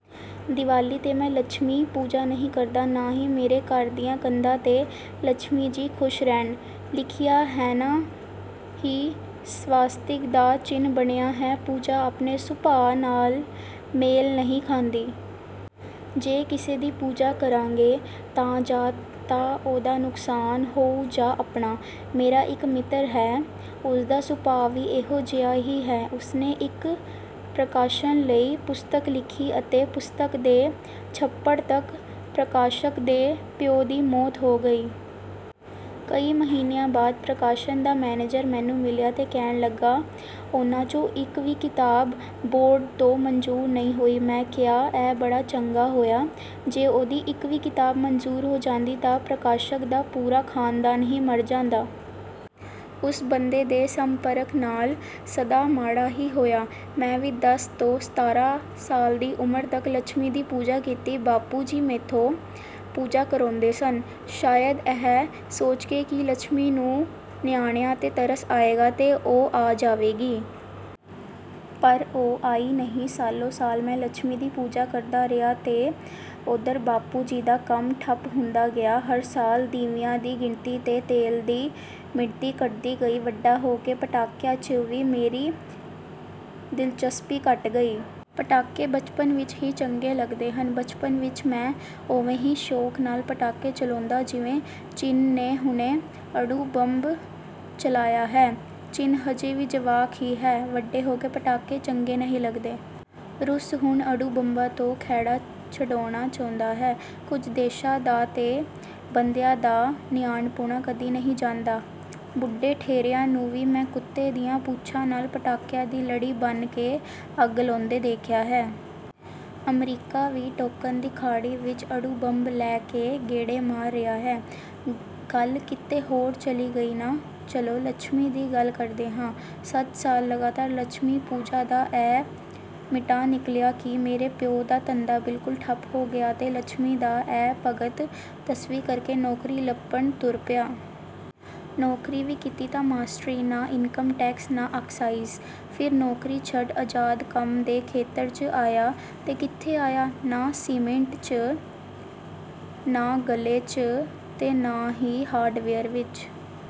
ਦਿਵਾਲੀ ਤੇ ਮੈਂ ਲੱਛਮੀ ਪੂਜਾ ਨਹੀਂ ਕਰਦਾ। ਨਾਂ ਹੀ ਮੇਰੇ ਘਰ ਦੀਆਂ ਕੰਧਾਂ ਤੇ 'ਲੱਛਮੀ ਜੀ ਖੁਸ਼ ਰਹਿਣ' ਲਿਖਿਆ ਹੈ ਨਾਂ ਹੀ ਸਵਾਸਤਿਕ ਦਾ ਚਿੰਨ ਬਣਿਆ ਹੈ। ਪੂਜਾ ਆਪਣੇ ਸੁਭਾਅ ਨਾਲ ਮੇਲ ਨਹੀਂ ਖਾਂਦੀ। ਜੇ ਕਿਸੇ ਦੀ ਪੂਜਾ ਕਰਾਂਗੇ ਤਾਂ ਜਾਂ ਤਾਂ ਉਹਦਾ ਨੁਕਸਾਨ ਹੋਊ ਜਾਂ ਆਪਣਾ। ਮੇਰਾ ਇੱਕ ਮਿੱਤਰ ਹੈ ਉਸਦਾ ਸੁਭਾਅ ਵੀ ਇਹੋ ਜਿਹਾ ਹੀ ਹੈ। ਉਸਨੇ ਇੱਕ ਪ੍ਰਕਾਸ਼ਨ ਲਈ ਪੁਸਤਕ ਲਿਖੀ ਅਤੇ ਪੁਸਤਕ ਦੇ ਛਪਣ ਤੱਕ ਪ੍ਰਕਾਸ਼ਕ ਦੇ ਪਿਉ ਦੀ ਮੌਤ ਹੋ ਗਈ। ਕਈ ਮਹੀਨਿਆਂ ਬਾਅਦ ਪ੍ਰਕਾਸ਼ਨ ਦਾ ਮੈਨੇਜਰ ਮੈਨੂੰ ਮਿਲ਼ਿਆ, ਤੇ ਕਹਿਣ ਲੱਗਾ ਉਹਨਾਂ 'ਚੋਂ ਇੱਕ ਵੀ ਕਿਤਾਬ ਬੋਰਡ ਤੋਂ ਮਨਜ਼ੂਰ ਨਹੀਂ ਹੋਈ। ਮੈਂ ਕਿਹਾ ਇਹ ਬੜਾ ਚੰਗਾ ਹੋਇਆ। ਜੇ ਉਹਦੀ ਇੱਕ ਵੀ ਕਿਤਾਬ ਮਨਜ਼ੂਰ ਹੋ ਜਾਂਦੀ ਤਾਂ ਪ੍ਰਕਾਸ਼ਕ ਦਾ ਪੂਰਾ ਖਾਨਦਾਨ ਹੀ ਮਰ ਜਾਂਦਾ। ਓਸ ਬੰਦੇ ਦੇ ਸੰਪਰਕ ਨਾਲ਼ ਸਦਾ ਮਾੜਾ ਹੀ ਹੋਇਆ। ਮੈਂ ਵੀ ਦਸ ਤੋਂ ਸਤਾਰ੍ਹਾਂ ਸਾਲ ਦੀ ਉਮਰ ਤੱਕ ਲੱਛਮੀ ਦੀ ਪੂਜਾ ਕੀਤੀ। ਬਾਪੂ ਜੀ ਮੈਥੋਂ ਪੂਜਾ ਕਰਾਉਂਦੇ ਸਨ। ਸ਼ਾਇਦ ਇਹ ਸੋਚਕੇ ਕਿ ਲੱਛਮੀ ਨੂੰ ਨਿਆਣਿਆਂ ਤੇ ਤਰਸ ਆਏਗਾ ਤੇ ਉਹ ਆ ਜਾਵੇਗੀ। ਪਰ ਉਹ ਆਈ ਨਹੀਂ। ਸਾਲੋ-ਸਾਲ ਮੈਂ ਲੱਛਮੀ ਦੀ ਪੂਜਾ ਕਰਦਾ ਰਿਹਾ ਤੇ ਓਧਰ ਬਾਪੂ ਜੀ ਦਾ ਕੰਮ ਠੱਪ ਹੁੰਦਾ ਗਿਆ। ਹਰ ਸਾਲ ਦੀਵਿਆਂ ਦੀ ਗਿਣਤੀ ਤੇ ਤੇਲ ਦੀ ਮਿਣਤੀ ਘਟਦੀ ਗਈ। ਵੱਡਾ ਹੋ ਕੇ ਪਟਾਕਿਆਂ 'ਚ ਵੀ ਮੇਰੀ ਦਿਲਚਸਪੀ ਘਟ ਗਈ। ਪਟਾਕੇ ਬਚਪਨ ਵਿੱਚ ਹੀ ਚੰਗੇ ਲੱਗਦੇ ਹਨ। ਬਚਪਨ ਵਿੱਚ ਮੈਂ ਉਵੇਂ ਹੀ ਸ਼ੌਂਕ ਨਾਲ਼ ਪਟਾਕੇ ਚਲਾਉਂਦਾ ਜਿਵੇਂ ਚੀਨ ਨੇ ਹੁਣੇ ਅਣੂ ਬੰਬ ਚਲਾਇਆ ਹੈ। ਚੀਨ ਹਜੇ ਵੀ ਜਵਾਕ ਹੀ ਹੈ। ਵੱਡੇ ਹੋ ਕੇ ਪਟਾਕੇ ਚੰਗੇ ਨਹੀਂ ਲੱਗਦੇ। ਰੂਸ ਹੁਣ ਅਣੂ ਬੰਬਾਂ ਤੋਂ ਖਹਿੜਾ ਛਡਾਉਣਾ ਚਾਹੁੰਦਾ ਹੈ। ਕੁਝ ਦੇਸ਼ਾਂ ਦਾ ਤੇ ਬੰਦਿਆਂ ਦਾ ਨਿਆਣਪੁਣਾ ਕਦੀ ਨਹੀਂ ਜਾਂਦਾ। ਬੁੱਢੇ ਠੇਰਿਆਂ ਨੂੰ ਵੀ ਮੈਂ ਕੁੱਤੇ ਦੀਆਂ ਪੂਛਾਂ ਨਾਲ਼ ਪਟਾਕਿਆਂ ਦੀ ਲੜੀ ਬੰਨ ਕੇ ਅੱਗ ਲਾਉਂਦੇ ਦੇਖਿਆ ਹੈ। ਅਮਰੀਕਾ ਵੀ ਟੋਕਿਨ ਦੀ ਖਾੜੀ ਵਿੱਚ ਅਣੂ ਬੰਬ ਲੈ ਕੇ ਗੇੜੇ ਮਾਰ ਰਿਹਾ ਹੈ। ਗੱਲ ਕਿਤੇ ਹੋਰ ਚਲੀ ਗਈ ਨਾ? ਚਲੋ, ਲੱਛਮੀ ਦੀ ਗੱਲ ਕਰਦੇ ਹਾਂ। ਸੱਤ ਸਾਲ ਲਗਾਤਾਰ ਲੱਛਮੀ ਪੂਜਾ ਦਾ ਇਹ ਸਿੱਟਾ ਨਿੱਕਲਿਆ ਕਿ ਮੇਰੇ ਪਿਉ ਦਾ ਧੰਦਾ ਬਿਲਕੁਲ ਠੱਪ ਹੋ ਗਿਆ ਤੇ ਲੱਛਮੀ ਦਾ ਇਹ 'ਭਗਤ' ਦਸਵੀਂ ਕਰਕੇ ਨੌਕਰੀ ਲੱਭਣ ਤੁਰ ਪਿਆ। ਨੌਕਰੀ ਵੀ ਕੀਤੀ ਤਾਂ ਮਾਸਟਰੀ। ਨਾਂ ਇਨਕਮ ਟੈਕਸ ਨਾਂ ਆਕਸਾਈਜ। ਫਿਰ ਨੌਕਰੀ ਛੱਡ ਅਜ਼ਾਦ ਕੰਮ ਦੇ ਖੇਤਰ 'ਚ ਆਇਆ, ਤੇ ਕਿੱਥੇ ਆਇਆ? ਨਾਂ ਸੀਮਿੰਟ 'ਚ, ਨਾਂ ਗੱਲੇ 'ਚ ਤੇ ਨਾਂ ਹੀ ਹਾਰਡਵੇਅਰ ਵਿੱਚ।